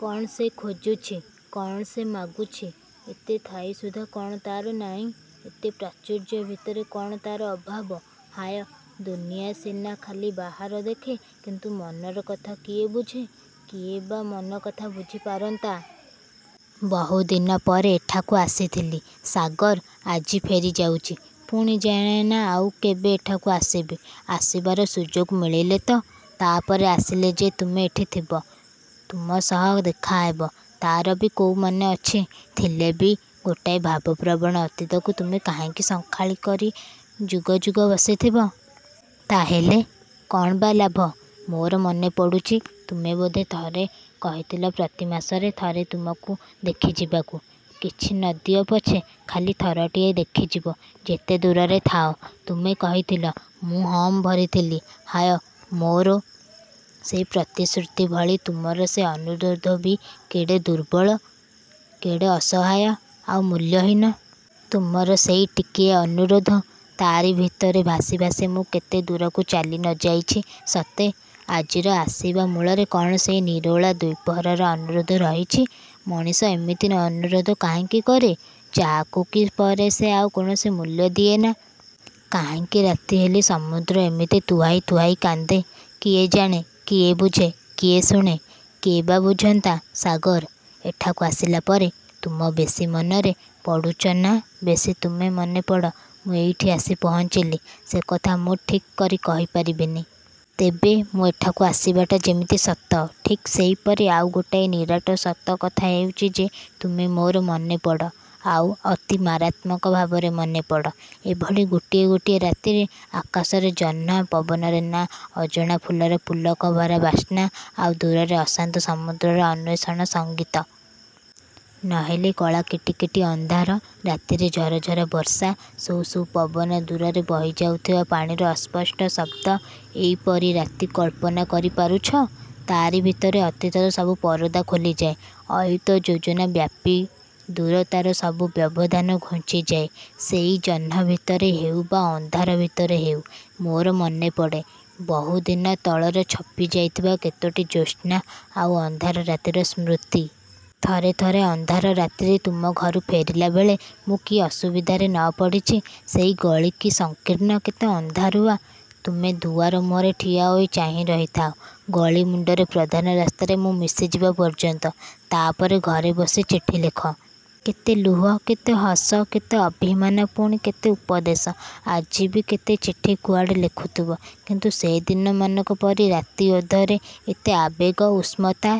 କ'ଣ ସେ ଖୋଜୁଛି-କ'ଣ ସେ ମାଗୁଛି? ଏତେ ଥାଇ ସୁଦ୍ଧା କ'ଣ ତା'ର ନାଇଁ; ଏତେ ପ୍ରାଚୁର୍ଯ୍ୟ ଭିତରେ କ'ଣ ତା'ର ଅଭାବ। ହାୟ! ଦୁନିଆ ସିନା ଖାଲି ବାହାର ଦେଖେ; କିନ୍ତୁ ମନର କଥା କିଏ ବୁଝେ? କିଏ ବା ମନ କଥା ବୁଝି ପାରନ୍ତା? ବହୁ ଦିନ ପରେ ଏଠାକୁ ଆସିଥିଲି ସାଗର; ଆଜି ଫେରି ଯାଉଛି। ପୁଣି ଜାଣେନା ଆଉ କେବେ ଏଠାକୁ ଆସିବି; ଆସିବାର ସୁଯୋଗ ମିଳିଲେ ତ? ତା'ପରେ ଆସିଲେ ଯେ ତୁମେ ଏଠିଥିବ; ତୁମ ସହ ଦେଖାହେବ ତା'ର ବି କୋଉମାନେ ଅଛି। ଥିଲେ ବି; ଗୋଟାଏ ଭାବପ୍ରବଣ ଅତୀତକୁ ତୁମେ କାହିଁକି ସଙ୍ଖାଳୀ କରି ଯୁଗ ଯୁଗ ବସିଥିବ? ତା'ହେଲେ। କ'ଣ ବା ଲାଭ? ମୋର ମନେ ପଡ଼ୁଛି ତୁମେ ବୋଧେ ଥରେ କହିଥିଲ ପ୍ରତି ମାସରେ ଥରେ ତୁମକୁ ଦେଖି ଯିବାକୁ। ''କିଛି ନ ଦିଅ ପଛେ'' ଖାଲି ଥରଟିଏ ଦେଖିଯିବ-ଯେତେ ଦୂରରେ ଥାଅ। ତୁମେ କହିଥିଲ, ମୁଁ ହଁ ଭରିଥିଲି। ହାୟ; ମୋର ସେ ପ୍ରତିଶ୍ରୁତି ଭଳି ତୁମର ସେ ଅନୁରୋଧ ବି କେଡ଼େ ଦୁର୍ବଳ, କେଡ଼େ ଅସହାୟ ଆଉ ମୂଲ୍ୟହୀନ। ତୁମର ସେଇ ଟିକିଏ ଅନୁରୋଧ; ତା'ରି ଭିତରେ ଭାସି ଭାସି ମୁଁ କେତେ ଦୂରକୁ ଚାଲି ନ ଯାଇଛି ସତେ! ଆଜିର ଆସିବା ମୂଳରେ କ'ଣ ସେଇ ନିରୋଳା ଦ୍ୱିପ୍ରହରର ଅନୁରୋଧ ରହିଛି। ମଣିଷ ଏମିତି ଅନୁରୋଧ କାହିଁକି କରେ; ଯାହାକୁ କି ପରେ ସେ ଆଉ କୌଣସି ମୂଲ୍ୟ ଦିଏନା। କାହିଁକି ରାତି ହେଲେ ସମୁଦ୍ର ଏମିତି ତୁହାଇ ତୁହାଇ କାନ୍ଦେ। କିଏ ଜାଣେ, କିଏ ବୁଝେ, କିଏ ଶୁଣେ? କିଏ ବା ବୁଝନ୍ତା? ସାଗର! ଏଠାକୁ ଆସିଲା ପରେ ତୁମ ବେଶୀ ମନରେ ପଡ଼ୁଛ ନା ବେଶୀ ତୁମେ ମନେପଡ଼ ମୁଁ ଏଇଠି ଆସି ପହଞ୍ଚିଲି, ସେ କଥା ମୁଁ ଠିକ୍ କରି କହି ପାରିବିନି। ତେବେ ମୁଁ ଏଠାକୁ ଆସିବାଟା ଯେମିତି ସତ; ଠିକ୍ ସେହିପରି ଆଉ ଗୋଟାଏ ନିରାଟ ସତ କଥା ହେଉଛି ଯେ ''ତୁମେ ମୋର ମନେ ପଡ଼। '' ଆଉ ଅତି ମାରାତ୍ମକ ଭାବରେ ମନେ ପଡ଼, ଏଇଭଳି ଗୋଟିଏ ଗୋଟିଏ ରାତିରେ। ଆକାଶରେ ଜହ୍ନ-ପବନରେ ନାଁ ଅଜଣା ଫୁଲର ପୁଲକ-ଭରା ବାସ୍ନା-ଆଉ ଦୂରରେ ଅଶାନ୍ତ ସମୁଦ୍ରର ଅନ୍ୱେଷଣ-ସଙ୍ଗୀତ। ନହେଲେ କଳା କିଟିକିଟି ଅନ୍ଧାର ରାତିରେ-ଝରଝର ବର୍ଷା-ସୁ ସୁ ପବନ-ଦୂରରେ ବହି ଯାଉଥିବା ପାଣିର ଅସ୍ପଷ୍ଟ ଶବ୍ଦ। ଏଇପରି ରାତି-କଳ୍ପନା କରି ପାରୁଛ? ତା'ରି ଭିତରେ ଅତୀତର ସବୁ ପରଦା ଖୋଲିଯାଏ-ଅୟୂତ ଯୋଜନ ବ୍ୟାପୀ ଦୂରତାର ସବୁ ବ୍ୟବଧାନ ଘୁଞ୍ଚିଯାଏ-ସେଇ ଜହ୍ନ ଭିତରେ ହେଉ ବା ଅନ୍ଧାର ଭିତରେ ହେଉ; ମୋର ମନେପଡ଼େ; ବହୁ ଦିନ ତଳର ଛପି ଯାଇଥିବା କେତୋଟି ଜ୍ୟୋସ୍ନା ଆଉ ଅନ୍ଧାର ରାତିର ସ୍ମୃତି। ଥରେ ଥରେ ଅନ୍ଧାର ରାତିରେ ତୁମ ଘରୁ ଫେରିଲାବେଳେ ମୁଁ କି ଅସୁବିଧାରେ ନ ପଡ଼ିଛି। ସେଇ ଗଳି କି ସଂକୀର୍ଣ୍ଣ, କେତେ ଅନ୍ଧାରୁଆ। ତୁମେ ଦୁଆର ମୁହଁରେ ଠିଆହୋଇ ଚାହିଁ ରହିଥାଅ; ଗଳି ମୁଣ୍ଡରେ ପ୍ରଧାନ ରାସ୍ତାରେ ମୁଁ ମିଶିଯିବା ପର୍ଯ୍ୟନ୍ତ। ତା'ପରେ ଘରେ ବସି ଚିଠି ଲେଖ। କେତେ ଲୁହ, କେତେ ହସ, କେତେ ଅଭିମାନ ପୁଣି କେତେ ଉପଦେଶ! ଆଜି ବି କେତେ ଚିଠି କୁଆଡ଼େ ଲେଖୁଥିବ କିନ୍ତୁ ସେ ଦିନମାନଙ୍କ ପରି ରାତି ଅଧରେ; ଏତେ ଆବେଗ, ଉଷ୍ମତା